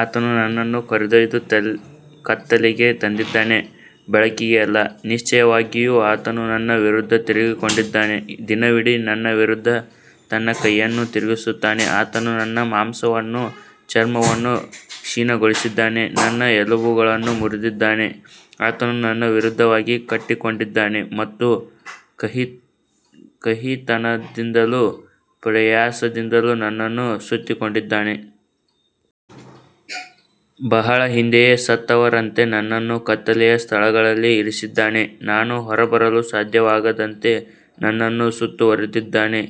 ಆತನು ನನ್ನನ್ನು ಕರೆದೊಯ್ದು ಕತ್ತಲೆಗೆ ತಂದಿದ್ದಾನೆ, ಬೆಳಕಿಗೆ ಅಲ್ಲ. ನಿಶ್ಚಯವಾಗಿಯೂ ಆತನು ನನ್ನ ವಿರುದ್ಧ ತಿರುಗಿಕೊಂಡಿದ್ದಾನೆ, ದಿನವಿಡೀ ನನ್ನ ವಿರುದ್ಧ ತನ್ನ ಕೈಯನ್ನು ತಿರುಗಿಸುತ್ತಾನೆ. ಆತನು ನನ್ನ ಮಾಂಸವನ್ನೂ ಚರ್ಮವನ್ನೂ ಕ್ಷೀಣಗೊಳಿಸಿದ್ದಾನೆ, ನನ್ನ ಎಲುಬುಗಳನ್ನು ಮುರಿದಿದ್ದಾನೆ. ಆತನು ನನ್ನ ವಿರುದ್ಧವಾಗಿ ಕಟ್ಟಿಕೊಂಡಿದ್ದಾನೆ ಮತ್ತು ಕಹಿತನದಿಂದಲೂ ಪ್ರಯಾಸದಿಂದಲೂ ನನ್ನನ್ನು ಸುತ್ತಿಕೊಂಡಿದ್ದಾನೆ. ಬಹಳ ಹಿಂದೆಯೇ ಸತ್ತವರಂತೆ ನನ್ನನ್ನು ಕತ್ತಲೆಯ ಸ್ಥಳಗಳಲ್ಲಿ ಇರಿಸಿದ್ದಾನೆ. ನಾನು ಹೊರಬರಲು ಸಾಧ್ಯವಾಗದಂತೆ ನನ್ನನ್ನು ಸುತ್ತುವರಿದಿದ್ದಾನೆ,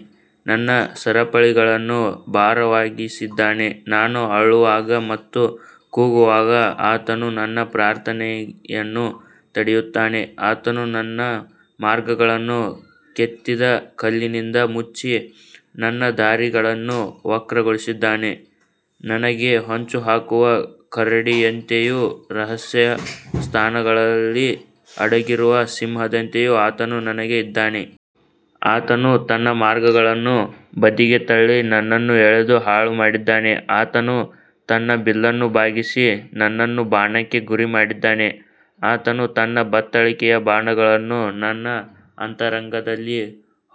ನನ್ನ ಸರಪಳಿಗಳನ್ನು ಭಾರವಾಗಿಸಿದ್ದಾನೆ. ನಾನು ಅಳುವಾಗ ಮತ್ತು ಕೂಗುವಾಗ ಆತನು ನನ್ನ ಪ್ರಾರ್ಥನೆಯನ್ನು ತಡೆಯುತ್ತಾನೆ. ಆತನು ನನ್ನ ಮಾರ್ಗಗಳನ್ನು ಕೆತ್ತಿದ ಕಲ್ಲಿನಿಂದ ಮುಚ್ಚಿ, ನನ್ನ ದಾರಿಗಳನ್ನು ವಕ್ರಗೊಳಿಸಿದ್ದಾನೆ. ನನಗೆ ಹೊಂಚುಹಾಕುವ ಕರಡಿಯಂತೆಯೂ ರಹಸ್ಯ ಸ್ಥಳಗಳಲ್ಲಿ ಅಡಗಿರುವ ಸಿಂಹದಂತೆಯೂ ಆತನು ನನಗೆ ಇದ್ದಾನೆ. ಆತನು ನನ್ನ ಮಾರ್ಗಗಳನ್ನು ಬದಿಗೆ ತಳ್ಳಿ ನನ್ನನ್ನು ಎಳೆದು ಹಾಳುಮಾಡಿದ್ದಾನೆ. ಆತನು ತನ್ನ ಬಿಲ್ಲನ್ನು ಬಾಗಿಸಿ ನನ್ನನ್ನು ಬಾಣಕ್ಕೆ ಗುರಿಮಾಡಿದ್ದಾನೆ. ಆತನು ತನ್ನ ಬತ್ತಳಿಕೆಯ ಬಾಣಗಳನ್ನು ನನ್ನ ಅಂತರಂಗದಲ್ಲಿ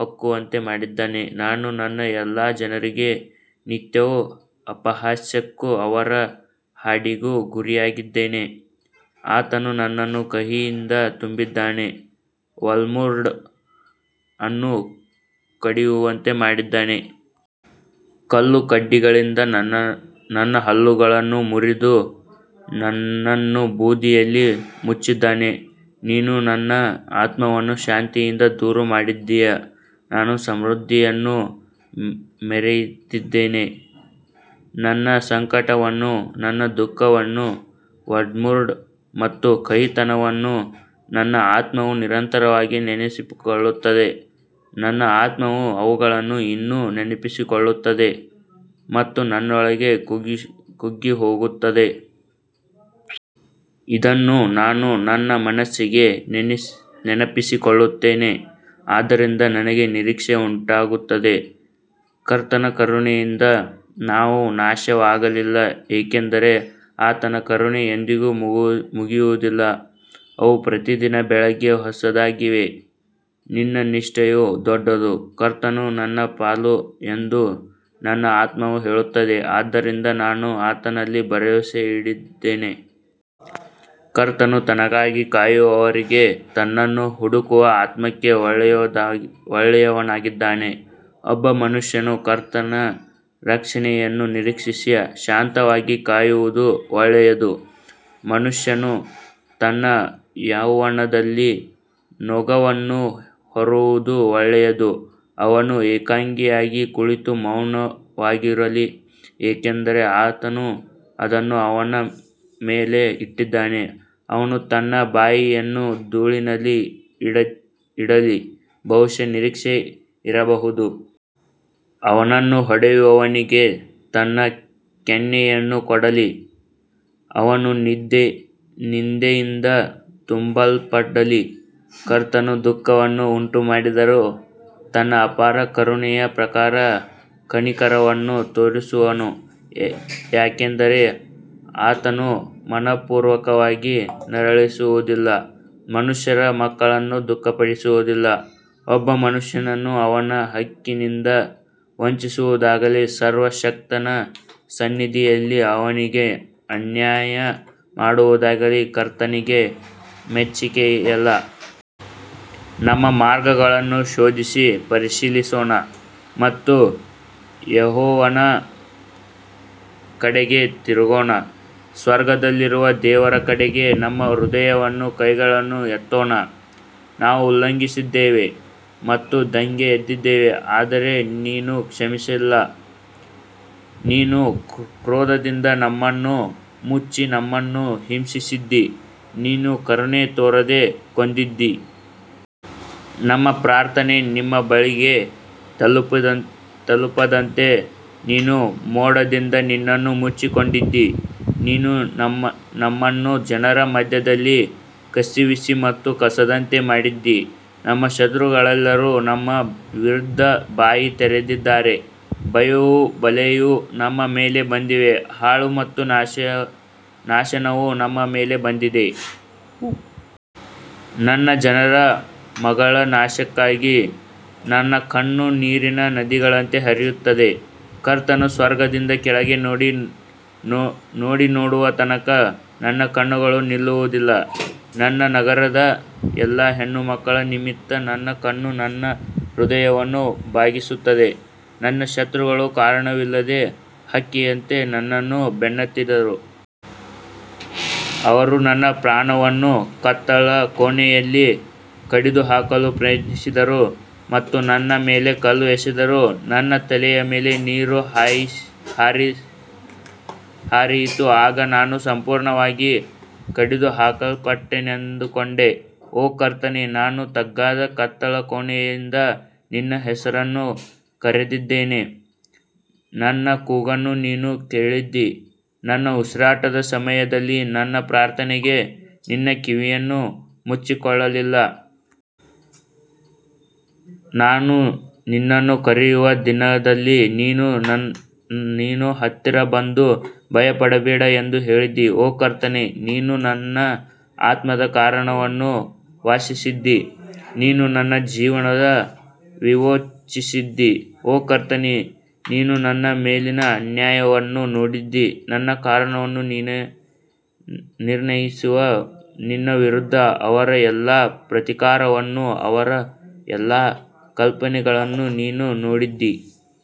ಹೊಕ್ಕುವಂತೆ ಮಾಡಿದ್ದಾನೆ. ನಾನು ನನ್ನ ಎಲ್ಲಾ ಜನರಿಗೆ ನಿತ್ಯವೂ ಅಪಹಾಸ್ಯಕ್ಕೂ ಅವರ ಹಾಡಿಗೂ ಗುರಿಯಾಗಿದ್ದೇನೆ. ಆತನು ನನ್ನನ್ನು ಕಹಿಯಿಂದ ತುಂಬಿಸಿದ್ದಾನೆ, ವರ್ಮ್ವುಡ್ ಅನ್ನು ಕುಡಿಯುವಂತೆ ಮಾಡಿದ್ದಾನೆ. ಕಲ್ಲುಕಡ್ಡಿಗಳಿಂದ ನನ್ನ ಹಲ್ಲುಗಳನ್ನು ಮುರಿದು, ನನ್ನನ್ನು ಬೂದಿಯಲ್ಲಿ ಮುಚ್ಚಿದ್ದಾನೆ. ನೀನು ನನ್ನ ಆತ್ಮವನ್ನು ಶಾಂತಿಯಿಂದ ದೂರಮಾಡಿದ್ದೀಯ, ನಾನು ಸಮೃದ್ಧಿಯನ್ನು ಮರೆತಿದ್ದೇನೆ. ನನ್ನ ಸಂಕಟವನ್ನೂ ನನ್ನ ದುಃಖವನ್ನೂ, ವರ್ಮ್ವುಡ್ ಮತ್ತು ಕಹಿತನವನ್ನೂ ನನ್ನ ಆತ್ಮವು ನಿರಂತರವಾಗಿ ನೆನಪಿಸಿಕೊಳ್ಳುತ್ತದೆ. ನನ್ನ ಆತ್ಮವು ಅವುಗಳನ್ನು ಇನ್ನೂ ನೆನಪಿಸಿಕೊಳ್ಳುತ್ತದೆ ಮತ್ತು ನನ್ನೊಳಗೆ ಕುಗ್ಗಿಹೋಗುತ್ತದೆ. ಇದನ್ನು ನಾನು ನನ್ನ ಮನಸ್ಸಿಗೆ ನೆನಪಿಸಿಕೊಳ್ಳುತ್ತೇನೆ, ಆದ್ದರಿಂದ ನನಗೆ ನಿರೀಕ್ಷೆ ಉಂಟಾಗುತ್ತದೆ. ಕರ್ತನ ಕರುಣೆಯಿಂದ ನಾವು ನಾಶವಾಗಲಿಲ್ಲ, ಏಕೆಂದರೆ ಆತನ ಕರುಣೆ ಎಂದಿಗೂ ಮುಗಿಯುವುದಿಲ್ಲ. ಅವು ಪ್ರತಿದಿನ ಬೆಳಿಗ್ಗೆ ಹೊಸದಾಗಿವೆ, ನಿನ್ನ ನಿಷ್ಠೆಯು ದೊಡ್ಡದು. ಕರ್ತನು ನನ್ನ ಪಾಲು ಎಂದು ನನ್ನ ಆತ್ಮವು ಹೇಳುತ್ತದೆ, ಆದ್ದರಿಂದ ನಾನು ಆತನಲ್ಲಿ ಭರವಸೆಯಿಡುತ್ತೇನೆ. ಕರ್ತನು ತನಗಾಗಿ ಕಾಯುವವರಿಗೆ, ತನ್ನನ್ನು ಹುಡುಕುವ ಆತ್ಮಕ್ಕೆ ಒಳ್ಳೆಯವನಾಗಿದ್ದಾನೆ. ಒಬ್ಬ ಮನುಷ್ಯನು ಕರ್ತನ ರಕ್ಷಣೆಯನ್ನು ನಿರೀಕ್ಷಿಸಿ ಶಾಂತವಾಗಿ ಕಾಯುವುದು ಒಳ್ಳೆಯದು. ಮನುಷ್ಯನು ತನ್ನ ಯೌವನದಲ್ಲಿ ನೊಗವನ್ನು ಹೊರುವುದು ಒಳ್ಳೆಯದು. ಅವನು ಏಕಾಂಗಿಯಾಗಿ ಕುಳಿತು ಮೌನವಾಗಿರಲಿ, ಏಕೆಂದರೆ ಆತನು ಅದನ್ನು ಅವನ ಮೇಲೆ ಇಟ್ಟಿದ್ದಾನೆ. ಅವನು ತನ್ನ ಬಾಯಿಯನ್ನು ಧೂಳಿನಲ್ಲಿ ಇಡಲಿ, ಬಹುಶಃ ನಿರೀಕ್ಷೆ ಇರಬಹುದು. ಅವನನ್ನು ಹೊಡೆಯುವವನಿಗೆ ತನ್ನ ಕೆನ್ನೆಯನ್ನು ಕೊಡಲಿ, ಅವನು ನಿಂದೆಯಿಂದ ತುಂಬಲ್ಪಡಲಿ. ಕರ್ತನು ದುಃಖವನ್ನು ಉಂಟುಮಾಡಿದರೂ, ತನ್ನ ಅಪಾರ ಕರುಣೆಯ ಪ್ರಕಾರ ಕನಿಕರವನ್ನು ತೋರಿಸುವನು. ಯಾಕಂದರೆ ಆತನು ಮನಃಪೂರ್ವಕವಾಗಿ ನರಳಿಸುವುದಿಲ್ಲ, ಮನುಷ್ಯರ ಮಕ್ಕಳನ್ನು ದುಃಖಪಡಿಸುವುದಿಲ್ಲ. ಒಬ್ಬ ಮನುಷ್ಯನನ್ನು ಅವನ ಹಕ್ಕಿನಿಂದ ವಂಚಿಸುವುದಾಗಲಿ, ಸರ್ವಶಕ್ತನ ಸನ್ನಿಧಿಯಲ್ಲಿ ಅವನಿಗೆ ಅನ್ಯಾಯ ಮಾಡುವುದಾಗಲಿ ಕರ್ತನಿಗೆ ಮೆಚ್ಚಿಕೆಯಲ್ಲ. ನಮ್ಮ ಮಾರ್ಗಗಳನ್ನು ಶೋಧಿಸಿ ಪರಿಶೀಲಿಸೋಣ ಮತ್ತು ಯೆಹೋವನ ಕಡೆಗೆ ತಿರುಗೋಣ. ಸ್ವರ್ಗದಲ್ಲಿರುವ ದೇವರ ಕಡೆಗೆ ನಮ್ಮ ಹೃದಯವನ್ನೂ ಕೈಗಳನ್ನೂ ಎತ್ತೋಣ. ನಾವು ಉಲ್ಲಂಘಿಸಿದ್ದೇವೆ ಮತ್ತು ದಂಗೆ ಎದ್ದಿದ್ದೇವೆ, ಆದರೆ ನೀನು ಕ್ಷಮಿಸಲಿಲ್ಲ. ನೀನು ಕ್ರೋಧದಿಂದ ನಮ್ಮನ್ನು ಮುಚ್ಚಿ ನಮ್ಮನ್ನು ಹಿಂಸಿಸಿದ್ದೀ. ನೀನು ಕರುಣೆ ತೋರದೆ ಕೊಂದಿದ್ದೀ. ನಮ್ಮ ಪ್ರಾರ್ಥನೆ ನಿನ್ನ ಬಳಿಗೆ ತಲುಪದಂತೆ ನೀನು ಮೋಡದಿಂದ ನಿನ್ನನ್ನು ಮುಚ್ಚಿಕೊಂಡಿದ್ದೀ. ನೀನು ನಮ್ಮನ್ನು ಜನರ ಮಧ್ಯದಲ್ಲಿ ಕಸಿವಿಸಿ ಮತ್ತು ಕಸದಂತೆ ಮಾಡಿದ್ದೀ. ನಮ್ಮ ಶತ್ರುಗಳೆಲ್ಲರೂ ನಮ್ಮ ವಿರುದ್ಧ ಬಾಯಿ ತೆರೆದಿದ್ದಾರೆ. ಭಯವೂ ಬಲೆಯೂ ನಮ್ಮ ಮೇಲೆ ಬಂದಿವೆ, ಹಾಳು ಮತ್ತು ನಾಶನವು ನಮ್ಮ ಮೇಲೆ ಬಂದಿದೆ. ನನ್ನ ಜನರ ಮಗಳ ನಾಶಕ್ಕಾಗಿ ನನ್ನ ಕಣ್ಣು ನೀರಿನ ನದಿಗಳಂತೆ ಹರಿಯುತ್ತದೆ. ಕರ್ತನು ಸ್ವರ್ಗದಿಂದ ಕೆಳಗೆ ನೋಡಿ ನೋಡುವ ತನಕ ನನ್ನ ಕಣ್ಣುಗಳು ನಿಲ್ಲುವುದಿಲ್ಲ. ನನ್ನ ನಗರದ ಎಲ್ಲಾ ಹೆಣ್ಣುಮಕ್ಕಳ ನಿಮಿತ್ತ ನನ್ನ ಕಣ್ಣು ನನ್ನ ಹೃದಯವನ್ನು ಬಾಧಿಸುತ್ತದೆ. ನನ್ನ ಶತ್ರುಗಳು ಕಾರಣವಿಲ್ಲದೆ ಹಕ್ಕಿಯಂತೆ ನನ್ನನ್ನು ಬೆನ್ನಟ್ಟಿದರು. ಅವರು ನನ್ನ ಪ್ರಾಣವನ್ನು ಕತ್ತಲಕೋಣೆಯಲ್ಲಿ ಕಡಿದುಹಾಕಲು ಪ್ರಯತ್ನಿಸಿದರು ಮತ್ತು ನನ್ನ ಮೇಲೆ ಕಲ್ಲು ಎಸೆದರು. ನನ್ನ ತಲೆಯ ಮೇಲೆ ನೀರು ಹರಿಯಿತು, ಆಗ ನಾನು ಸಂಪೂರ್ಣವಾಗಿ ಕಡಿದುಹಾಕಲ್ಪಟ್ಟೆನೆಂದುಕೊಂಡೆ. ಓ ಕರ್ತನೇ, ನಾನು ತಗ್ಗಾದ ಕತ್ತಲಕೋಣೆಯಿಂದ ನಿನ್ನ ಹೆಸರನ್ನು ಕರೆದಿದ್ದೇನೆ. ನನ್ನ ಕೂಗನ್ನು ನೀನು ಕೇಳಿದ್ದೀ, ನನ್ನ ಉಸಿರಾಟದ ಸಮಯದಲ್ಲಿ ನನ್ನ ಪ್ರಾರ್ಥನೆಗೆ ನಿನ್ನ ಕಿವಿಯನ್ನು ಮುಚ್ಚಿಕೊಳ್ಳಲಿಲ್ಲ. ನಾನು ನಿನ್ನನ್ನು ಕರೆಯುವ ದಿನದಲ್ಲಿ ನೀನು ಹತ್ತಿರ ಬಂದು, ಭಯಪಡಬೇಡ ಎಂದು ಹೇಳಿದ್ದೀ. ಓ ಕರ್ತನೇ, ನೀನು ನನ್ನ ಆತ್ಮದ ಕಾರಣವನ್ನು ವಾದಿಸಿದ್ದೀ, ನೀನು ನನ್ನ ಜೀವನವನ್ನು ವಿಮೋಚಿಸಿದ್ದೀ. ಓ ಕರ್ತನೇ, ನೀನು ನನ್ನ ಮೇಲಿನ ಅನ್ಯಾಯವನ್ನು ನೋಡಿದ್ದೀ, ನನ್ನ ಕಾರಣವನ್ನು ನೀನೇ ನಿರ್ಣಯಿಸು. ನನ್ನ ವಿರುದ್ಧ ಅವರ ಎಲ್ಲಾ ಪ್ರತೀಕಾರವನ್ನೂ ಅವರ ಎಲ್ಲಾ ಕಲ್ಪನೆಗಳನ್ನೂ ನೀನು ನೋಡಿದ್ದೀ.